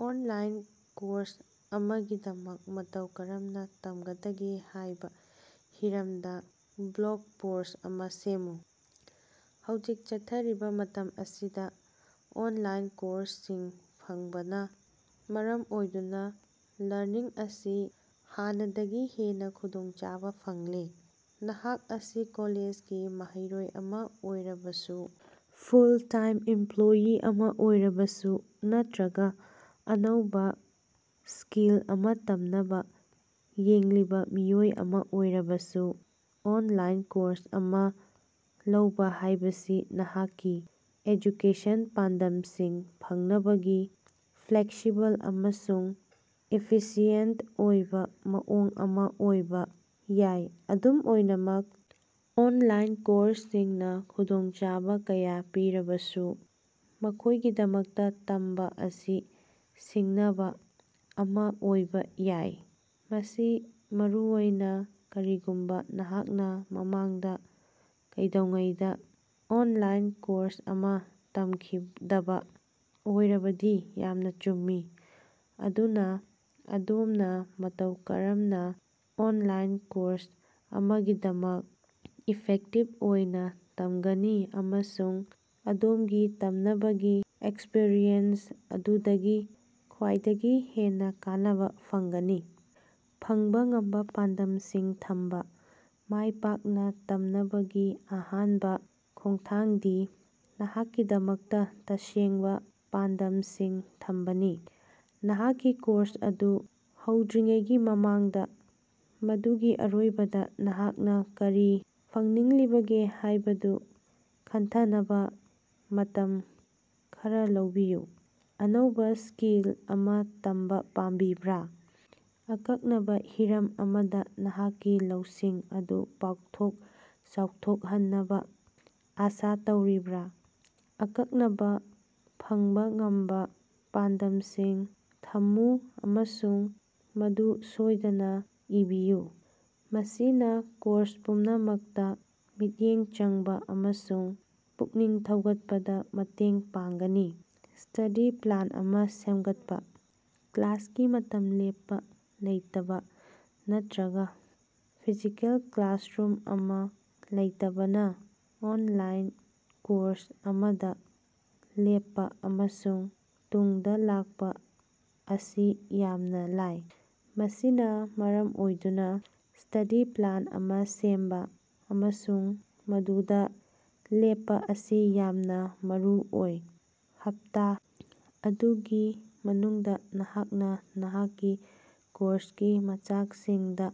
Online course ꯑꯃꯒꯤꯗꯃꯛ ꯃꯇꯧ ꯀꯔꯝꯅꯥ ꯇꯝꯒꯗꯒꯦ ꯍꯥꯏꯕꯥ ꯍꯤꯔꯝꯗꯥ ꯕ꯭ꯂꯣꯒ ꯄꯣꯁ꯭ꯠ ꯑꯃꯥ ꯁꯦꯝꯃꯨ꯫ ꯍꯧꯖꯤꯛ ꯆꯠꯊꯔꯤꯕꯥ ꯃꯇꯝ ꯑꯁꯤꯗꯥ ꯑꯣꯟꯂꯥꯏꯟ ꯀꯣꯔꯁꯁꯤꯡ ꯐꯪꯕꯅꯥ ꯃꯔꯝ ꯑꯣꯏꯗꯨꯅꯥ ꯂꯔꯅꯤꯡ ꯑꯁꯤ ꯍꯥꯟꯅꯗꯒꯤ ꯍꯦꯟꯅꯥ ꯈꯨꯗꯣꯡꯆꯥꯕ ꯐꯪꯂꯦ꯫ ꯅꯍꯥꯛ ꯑꯁꯤ ꯀꯣꯂꯦꯖꯒꯤ ꯃꯍꯩꯔꯣꯏ ꯑꯃꯥ ꯑꯣꯏꯔꯕꯁꯨ, ꯐꯨꯜ ꯇꯥꯏꯝ ꯏꯃꯄꯂꯣꯌꯤ ꯑꯃꯥ ꯑꯣꯏꯔꯕꯁꯨ, ꯅꯠꯇꯔꯒꯥ ꯑꯅꯧꯕꯥ ꯁ꯭ꯀꯤꯜ ꯑꯃꯥ ꯇꯝꯅꯕꯥ ꯌꯦꯡꯂꯤꯕꯥ ꯃꯤꯑꯣꯏ ꯑꯃꯥ ꯑꯣꯏꯔꯕꯁꯨ, ꯑꯣꯟꯂꯥꯏꯟ ꯀꯣꯔꯁ ꯑꯃꯥ ꯂꯧꯕꯥ ꯍꯥꯏꯕꯁꯤ ꯅꯍꯥꯛꯀꯤ ꯑꯦꯖꯨꯀꯦꯁꯟ ꯄꯥꯟꯗꯝꯁꯤꯡ ꯐꯪꯅꯕꯒꯤ ꯐ꯭ꯂꯦꯛꯁꯤꯕꯜ ꯑꯃꯁꯨꯡ ꯏꯐꯤꯁꯤꯑꯦꯟꯇ ꯑꯣꯏꯕꯥ ꯃꯑꯣꯡ ꯑꯃꯥ ꯑꯣꯏꯕꯥ ꯌꯥꯏ꯫ ꯑꯗꯨꯝ ꯑꯣꯏꯅꯃꯛ, ꯑꯣꯟꯂꯥꯏꯟ ꯀꯣꯔꯁꯁꯤꯡꯅꯥ ꯈꯨꯗꯣꯡꯆꯥꯕꯥ ꯀꯌꯥ ꯄꯤꯔꯕꯁꯨ, ꯃꯈꯣꯏꯒꯤꯗꯃꯛꯇꯥ ꯇꯝꯕꯥ ꯑꯁꯤ ꯁꯤꯡꯅꯕꯥ ꯑꯃꯥ ꯑꯣꯏꯕꯥ ꯌꯥꯏ꯫ ꯃꯁꯤ ꯃꯔꯨꯑꯣꯏꯅꯥ ꯀꯔꯤꯒꯨꯝꯕꯥ ꯅꯍꯥꯛꯅꯥ ꯃꯃꯥꯡꯗꯥ ꯀꯩꯗꯧꯉꯩꯗꯥ ꯑꯣꯟꯂꯥꯏꯟ ꯀꯣꯔꯁ ꯑꯃꯥ ꯇꯝꯈꯤꯗꯕꯥ ꯑꯣꯏꯔꯕꯗꯤ ꯌꯥꯝꯅꯥ ꯆꯨꯝꯃꯤ꯫ ꯑꯗꯨꯅꯥ, ꯑꯗꯣꯝꯅꯥ ꯃꯇꯧ ꯀꯔꯝꯅꯥ ꯑꯣꯟꯂꯥꯏꯟ ꯀꯣꯔꯁ ꯑꯃꯒꯤꯗꯃꯛ ꯏꯐꯦꯛꯇꯤꯕ ꯑꯣꯏꯅꯥ ꯇꯝꯒꯅꯤ ꯑꯃꯁꯨꯡ ꯑꯗꯣꯝꯒꯤ ꯇꯝꯅꯕꯒꯤ ꯑꯦꯛꯁꯄꯔꯤꯌꯦꯟꯁ ꯑꯗꯨꯗꯒꯤ ꯈ꯭ꯋꯥꯏꯗꯒꯤ ꯍꯦꯟꯅꯥ ꯀꯥꯟꯅꯕꯥ ꯐꯪꯒꯅꯤ? ꯐꯪꯕꯥ ꯉꯝꯕꯥ ꯄꯥꯟꯗꯝꯁꯤꯡ ꯊꯝꯕꯥ: ꯃꯥꯏ ꯄꯥꯛꯅꯥ ꯇꯝꯅꯕꯒꯤ ꯑꯍꯥꯟꯕꯥ ꯈꯣꯡꯊꯥꯡꯗꯤ ꯅꯍꯥꯛꯀꯤꯗꯃꯛꯇꯥ ꯇꯁꯦꯡꯕꯥ ꯄꯥꯟꯗꯝꯁꯤꯡ ꯊꯝꯕꯅꯤ꯫ ꯅꯍꯥꯛꯀꯤ ꯀꯣꯔꯁ ꯑꯗꯨ ꯍꯧꯗ꯭ꯔꯤꯉꯩꯒꯤ ꯃꯃꯥꯡꯗꯥ, ꯃꯗꯨꯒꯤ ꯑꯔꯣꯏꯕꯗꯥ ꯅꯍꯥꯛꯅꯥ ꯀꯔꯤ ꯐꯪꯅꯤꯡꯂꯤꯕꯒꯦ ꯍꯥꯏꯕꯗꯨ ꯈꯟꯊꯅꯕꯥ ꯃꯇꯝ ꯈꯔꯥ ꯂꯧꯕꯤꯌꯨ꯫ ꯑꯅꯧꯕꯥ ꯁ꯭ꯀꯤꯜ ꯑꯃꯥ ꯇꯝꯕꯥ ꯄꯥꯝꯕꯤꯕ꯭ꯔꯥ? ꯑꯀꯛꯅꯕꯥ ꯍꯤꯔꯝ ꯑꯃꯗꯥ ꯅꯍꯥꯛꯀꯤ ꯂꯧꯁꯤꯡ ꯑꯗꯨ ꯄꯥꯛꯊꯣꯛ ꯆꯥꯎꯊꯣꯍꯟꯅꯕꯥ ꯑꯥꯁꯥ ꯇꯧꯔꯤꯕ꯭ꯔꯥ? ꯑꯀꯛꯅꯕꯥ, ꯐꯪꯕꯥ ꯉꯝꯕꯥ ꯄꯥꯟꯗꯝꯁꯤꯡ ꯊꯝꯃꯨ ꯑꯃꯁꯨꯡ ꯃꯗꯨ ꯁꯣꯏꯗꯅꯥ ꯏꯕꯤꯌꯨ꯫ ꯃꯁꯤꯅꯥ ꯀꯣꯔꯁ ꯄꯨꯝꯅꯃꯛꯇꯥ ꯃꯤꯠꯌꯦꯡ ꯆꯪꯕꯥ ꯑꯃꯁꯨꯡ ꯄꯨꯛꯅꯤꯡ ꯊꯧꯒꯠꯄꯗꯥ ꯃꯇꯦꯡ ꯄꯥꯡꯒꯅꯤ꯫ ꯁ꯭ꯇꯗꯤ ꯄ꯭ꯂꯥꯟ ꯑꯃꯥ ꯁꯦꯝꯒꯠꯄꯥ: ꯀ꯭ꯂꯥꯁꯀꯤ ꯃꯇꯝ ꯂꯦꯞꯄꯥ ꯂꯩꯇꯕꯥ ꯅꯠꯇꯔꯒꯥ ꯐꯤꯖꯤꯀꯦꯜ ꯀ꯭ꯂꯥꯁꯔꯨꯝ ꯑꯃꯥ ꯂꯩꯇꯕꯅꯥ ꯑꯣꯟꯂꯥꯏꯟ ꯀꯣꯔꯁ ꯑꯃꯗꯥ ꯂꯦꯞꯄꯥ ꯑꯃꯁꯨꯡ ꯇꯨꯡꯗꯥ ꯂꯥꯛꯄꯥ ꯑꯁꯤ ꯌꯥꯝꯅꯥ ꯂꯥꯏ꯫ ꯃꯁꯤꯅꯥ ꯃꯔꯝ ꯑꯣꯏꯗꯨꯅꯥ ꯁ꯭ꯇꯗꯤ ꯄ꯭ꯂꯥꯟ ꯑꯃꯥ ꯁꯦꯝꯕꯥ ꯑꯃꯁꯨꯡ ꯃꯗꯨꯗꯥ ꯂꯦꯞꯄꯥ ꯑꯁꯤ ꯌꯥꯝꯅꯥ ꯃꯔꯨꯑꯣꯏ꯫ ꯍꯞꯇꯥ ꯑꯗꯨꯒꯤ ꯃꯅꯨꯡꯗꯥ ꯅꯍꯥꯛꯅꯥ ꯅꯍꯥꯛꯀꯤ ꯀꯣꯔꯁꯀꯤ ꯃꯆꯥꯛꯁꯤꯡꯗꯥ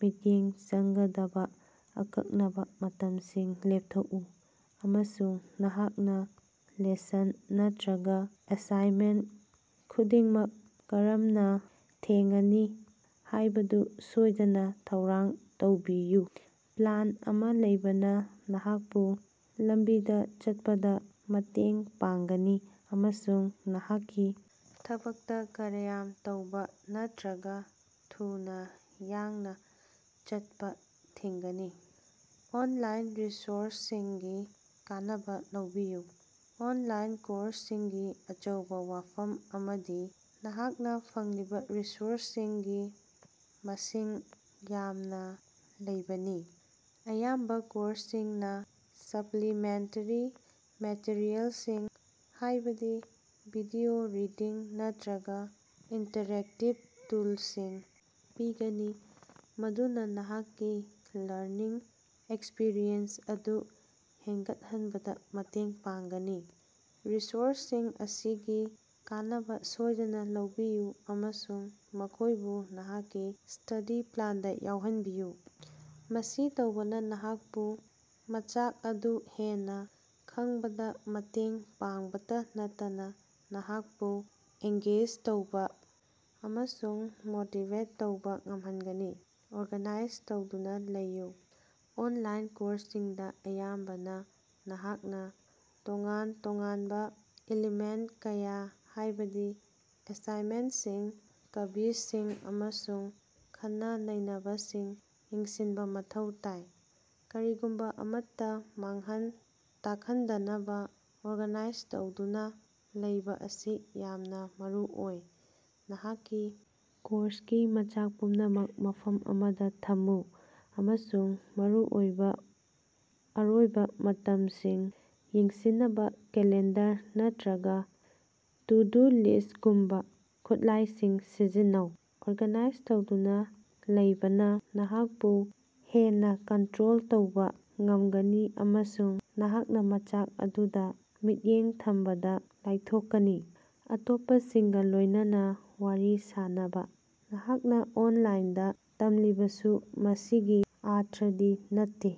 ꯃꯤꯠꯌꯦꯡ ꯆꯪꯒꯗꯕꯥ ꯑꯀꯛꯅꯕꯥ ꯃꯇꯝꯁꯤꯡ ꯂꯦꯞꯊꯣꯛꯎ, ꯑꯃꯁꯨꯡ ꯅꯍꯥꯛꯅꯥ ꯂꯦꯁꯟ ꯅꯠꯇꯔꯒꯥ ꯑꯦꯁꯥꯏꯟꯃꯦꯟꯇ ꯈꯨꯗꯤꯡꯃꯛ ꯀꯔꯝꯅꯥ ꯊꯦꯡꯉꯅꯤ ꯍꯥꯌꯕꯗꯨ ꯁꯣꯏꯗꯅꯥ ꯊꯧꯔꯥꯡ ꯇꯧꯕꯤꯌꯨ꯫ ꯄ꯭ꯂꯥꯟ ꯑꯃꯥ ꯂꯩꯕꯅꯥ ꯅꯍꯥꯛꯄꯨ ꯂꯝꯕꯤꯗꯥ ꯆꯠꯄꯗꯥ ꯃꯇꯦꯡ ꯄꯥꯡꯒꯅꯤ ꯑꯃꯁꯨꯡ ꯅꯍꯥꯛꯀꯤ ꯊꯕꯛꯇꯥ ꯀ꯭ꯔꯌꯥꯝ ꯇꯧꯕꯥ ꯅꯠꯇꯔꯒꯥ ꯊꯨꯅꯥ ꯌꯥꯡꯅꯥ ꯆꯠꯄꯥ ꯊꯤꯡꯒꯅꯤ꯫ ꯑꯣꯟꯂꯥꯏꯟ ꯔꯤꯁꯣꯔꯁꯁꯤꯡꯒꯤ ꯀꯥꯟꯅꯕꯥ ꯂꯧꯕꯤꯌꯨ: ꯑꯣꯅꯂꯥꯏꯟ ꯀꯣꯔꯁꯁꯤꯡꯒꯤ ꯑꯆꯧꯕꯥ ꯋꯥꯐꯝ ꯑꯃꯗꯤ ꯅꯍꯥꯛꯅꯥ ꯐꯪꯂꯤꯕꯥ ꯔꯤꯁꯣꯔꯁꯁꯤꯡꯒꯤ ꯃꯁꯤꯡ ꯌꯥꯝꯅꯥ ꯂꯩꯕꯅꯤ꯫ ꯑꯌꯥꯝꯕꯥ ꯀꯣꯔꯁꯁꯤꯡꯅꯥ ꯁꯞꯂꯤꯃꯦꯟꯇꯔꯤ ꯃꯦꯇꯔꯤꯑꯦꯂꯁꯤꯡ, ꯍꯥꯏꯕꯗꯤ ꯚꯤꯗꯤꯑꯣ, ꯔꯤꯗꯤꯡ, ꯅꯠꯇꯔꯒꯥ ꯏꯟꯇꯔꯦꯛꯇꯤꯕ ꯇꯨꯜꯁꯤꯡ ꯄꯤꯒꯅꯤ, ꯃꯗꯨꯅꯥ ꯅꯍꯥꯛꯀꯤ ꯂꯔꯅꯤꯡ ꯑꯦꯛꯁꯄꯤꯔꯤꯑꯦꯟꯁ ꯑꯗꯨ ꯍꯦꯒꯠꯍꯟꯕꯗꯥ ꯃꯇꯦꯡ ꯄꯥꯡꯒꯅꯤ꯫ ꯔꯤꯁꯣꯔꯁꯁꯤꯡ ꯑꯁꯤꯒꯤ ꯀꯥꯟꯅꯕꯥ ꯁꯣꯏꯗꯅꯥ ꯂꯧꯕꯤꯌꯨ ꯑꯃꯁꯨꯡ ꯃꯈꯣꯏꯕꯨ ꯅꯍꯥꯛꯀꯤ ꯁ꯭ꯇꯗꯤ ꯄ꯭ꯂꯥꯟꯗꯥ ꯌꯥꯥꯎꯍꯟꯕꯤꯌꯨ꯫ ꯃꯁꯤ ꯇꯧꯕꯅꯥ ꯅꯍꯥꯛꯄꯨ ꯃꯆꯥꯛ ꯑꯗꯨ ꯍꯦꯟꯅꯥ ꯈꯪꯕꯗꯥ ꯃꯇꯦꯡ ꯄꯥꯡꯕꯇꯥ ꯅꯠꯇꯅꯥ ꯅꯍꯥꯛꯄꯨ ꯑꯦꯡ꯭ꯒꯦꯖ ꯇꯧꯕꯥ ꯑꯃꯁꯨꯡ ꯃꯣꯇꯤꯕꯦꯠ ꯇꯧꯕꯥ ꯉꯝꯍꯒꯅꯤ꯫ ꯑꯣꯔꯒꯥꯅꯥꯏꯖ ꯇꯧꯗꯨꯅꯥ ꯂꯩꯌꯨ: ꯑꯣꯟꯂꯥꯏꯟ ꯀꯣꯔꯁꯁꯤꯡꯗꯥ ꯑꯌꯥꯝꯕꯅꯥ ꯅꯍꯥꯛꯅꯥ ꯇꯣꯉꯥꯟ-ꯇꯣꯉꯥꯅꯕꯥ ꯏꯂꯤꯃꯦꯟꯇ ꯀꯌꯥ, ꯍꯥꯏꯕꯗꯤ ꯑꯦꯁꯥꯏꯅꯃꯦꯟꯇꯁꯤꯡ, ꯀ꯭ꯕꯤꯖꯁꯤꯡ, ꯑꯃꯁꯨꯡ ꯈꯟꯅ-ꯅꯩꯅꯕꯁꯤꯡ ꯌꯦꯡꯁꯤꯟꯕꯥ ꯃꯊꯧ ꯇꯥꯏ꯫ ꯀꯔꯤꯒꯨꯝꯕꯥ ꯑꯃꯠꯇꯥ ꯃꯥꯡꯍꯟ ꯇꯥꯈꯟꯗꯅꯕꯥ ꯑꯣꯔꯒꯅꯥꯏꯖ ꯇꯧꯗꯨꯅꯥ ꯂꯩꯕꯥ ꯑꯁꯤ ꯌꯥꯝꯅꯥ ꯃꯔꯨꯑꯣꯏ꯫ ꯅꯍꯥꯛꯀꯤ ꯀꯣꯔꯁꯀꯤ ꯃꯆꯥꯛ ꯄꯨꯝꯅꯃꯛ ꯃꯐꯝ ꯑꯃꯗꯥ ꯊꯝꯃꯨ, ꯑꯃꯁꯨꯡ ꯃꯔꯨꯑꯣꯏꯕꯥ ꯑꯔꯣꯏꯕꯥ ꯃꯇꯝꯁꯤꯡ ꯌꯦꯡꯁꯤꯟꯅꯕꯥ ꯀꯦꯂꯦꯟꯗꯔ ꯅꯠꯇꯔꯒꯥ ꯇꯨ-ꯗꯨ-ꯂꯤꯁ꯭ꯇꯒꯨꯝꯕꯥ ꯈꯨꯠꯂꯥꯏꯁꯤꯡ ꯁꯤꯖꯤꯟꯅꯧ꯫ ꯑꯣꯔꯒꯥꯅꯥꯏꯖ ꯇꯧꯗꯨꯅꯥ ꯂꯩꯕꯅꯥ ꯅꯍꯥꯛꯄꯨ ꯍꯦꯟꯅꯥ ꯀꯟꯠꯔꯣꯜ ꯇꯧꯕꯥ ꯉꯝꯒꯅꯤ ꯑꯃꯁꯨꯡ ꯅꯍꯥꯛꯅꯥ ꯃꯆꯥꯛ ꯑꯗꯨꯗꯥ ꯃꯤꯠꯌꯦꯡ ꯊꯝꯕꯗꯥ ꯂꯥꯏꯊꯣꯀꯅꯤ꯫ ꯑꯇꯣꯞꯄꯁꯤꯡꯒꯥ ꯂꯣꯏꯅꯅꯥ ꯋꯥꯔꯤ ꯁꯥꯅꯕꯥ: ꯅꯍꯥꯛꯅꯥ ꯑꯣꯟꯂꯥꯏꯟꯗꯥ ꯇꯝꯂꯤꯕꯁꯨ, ꯃꯁꯤꯒꯤ ꯑꯔꯊꯗꯤ ꯅꯠꯇꯦ꯫।